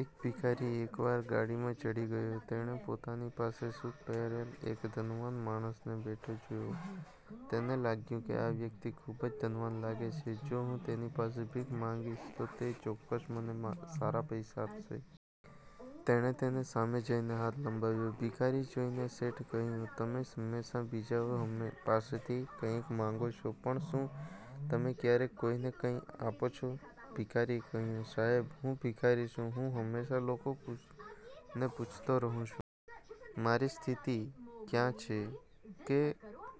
એક ભિખારી એકવાર ગાડીમાં ચઢી ગયો. તેણે પોતાની સામે સૂટ પહેરેલા એક ધનવાન માણસને બેઠો જોયો. તેને લાગ્યું કે આ વ્યક્તિ ખૂબ જ ધનવાન લાગે છે. જો હું તેની પાસે ભીખ માંગીશ તો તે ચોક્કસ મને સારા પૈસા આપશે. તેણે તેની સામે જઈને હાથ લંબાવ્યો. ભિખારીને જોઈને શેઠે કહ્યું, "તમે હંમેશા બીજાઓ પાસેથી કંઈક માગો છો, પણ શું તમે ક્યારેય કોઈને કંઈ આપો છો? " ભિખારીએ કહ્યું, "સાહેબ, હું ભિખારી છું, હું હંમેશા લોકોને પૂછતો રહું છું. મારી સ્થિતિ ક્યાં છે કે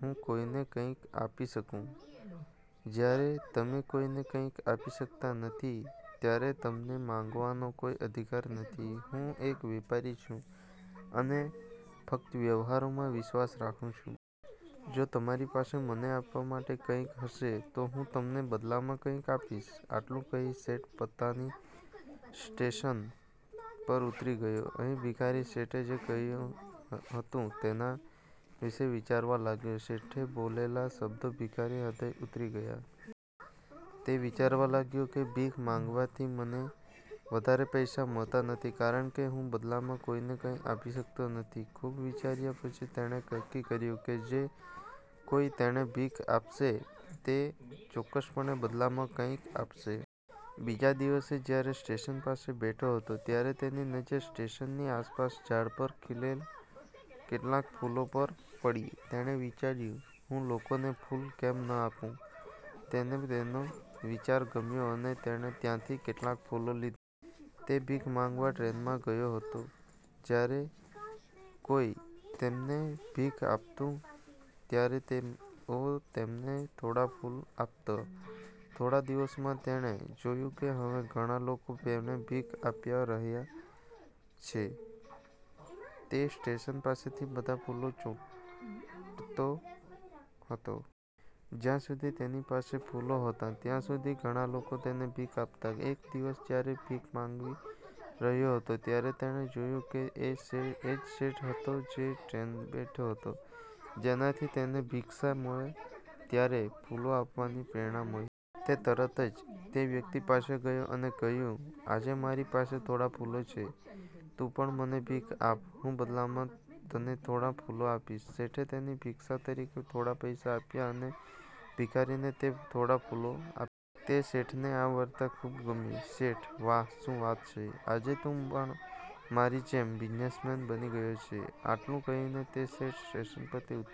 હું કોઈને કંઈક આપી શકું? " "જ્યારે તમે કોઈને કંઈક આપી શકતા નથી, ત્યારે તમને માંગવાનો કોઈ અધિકાર નથી. હું એક વેપારી છું અને ફક્ત વ્યવહારોમાં વિશ્વાસ રાખું છું. જો તમારી પાસે મને આપવા માટે કંઈક હશે, તો હું તમને બદલામાં કંઈક આપીશ." આટલું કહીને શેઠ પોતાના સ્ટેશન પર ઉતરી ગયો. અહીં ભિખારી શેઠે જે કહ્યું હતું તેના વિશે વિચારવા લાગ્યો. શેઠે બોલેલા શબ્દો ભિખારીના હૃદયમાં ઉતરી ગયા. તે વિચારવા લાગ્યો કે ભીખ માંગવાથી મને વધારે પૈસા મળતા નથી કારણ કે હું બદલામાં કોઈને કંઈ આપી શકતો નથી. ખૂબ વિચાર કર્યા પછી, તેણે નક્કી કર્યું કે જે કોઈ તેણે ભીખ આપશે, તે ચોક્કસપણે બદલામાં કંઈક આપશે. બીજા દિવસે, જ્યારે તે સ્ટેશન પાસે બેઠો હતો, ત્યારે તેની નજર સ્ટેશનની આસપાસના ઝાડ પર ખીલેલા કેટલાક ફૂલો પર પડી. તેણે વિચાર્યું, હું લોકોને ફૂલો કેમ ન આપું? તેને તેનો વિચાર ગમ્યો અને તેણે ત્યાંથી કેટલાક ફૂલો લીધા. તે ભીખ માંગવા ટ્રેનમાં ગયો. જ્યારે કોઈ તેમને ભીખ આપતું, ત્યારે તેઓ તેમને થોડા ફૂલો આપતા. થોડા દિવસોમાં, તેણે જોયું કે હવે ઘણા લોકો તેણે ભીખ આપ્યા રહ્યા છે. તે સ્ટેશન પાસેના બધા ફૂલો ચૂંટતો હતો. જ્યાં સુધી તેની પાસે ફૂલો હતા, ત્યાં સુધી ઘણા લોકો તેને ભીખ આપતા. એક દિવસ જ્યારે તે ભીખ માંગી રહ્યો હતો, ત્યારે તેણે જોયું કે તે એ જ શેઠ હતો જે ટ્રેનમાં બેઠો હતો, જેનાથી તેને ભિક્ષા મળે ત્યારે ફૂલો આપવાની પ્રેરણા મળી. તે તરત જ તે વ્યક્તિ પાસે ગયો અને કહ્યું, "આજે મારી પાસે થોડા ફૂલો છે, તું પણ મને ભીખ આપ, હું બદલામાં તને થોડા ફૂલો આપીશ." શેઠે તેને ભિક્ષા તરીકે થોડા પૈસા આપ્યા અને ભિખારીએ તેને થોડા ફૂલો આપ્યા. તે શેઠને આ વાર્તા ખૂબ ગમી. શેઠ: – "વાહ, શું વાત છે? આજે તું પણ મારી જેમ બિઝનેસમેન બની ગયો છે. " આટલું કહીને તે સેઠ સ્ટેશન પર ઉતરી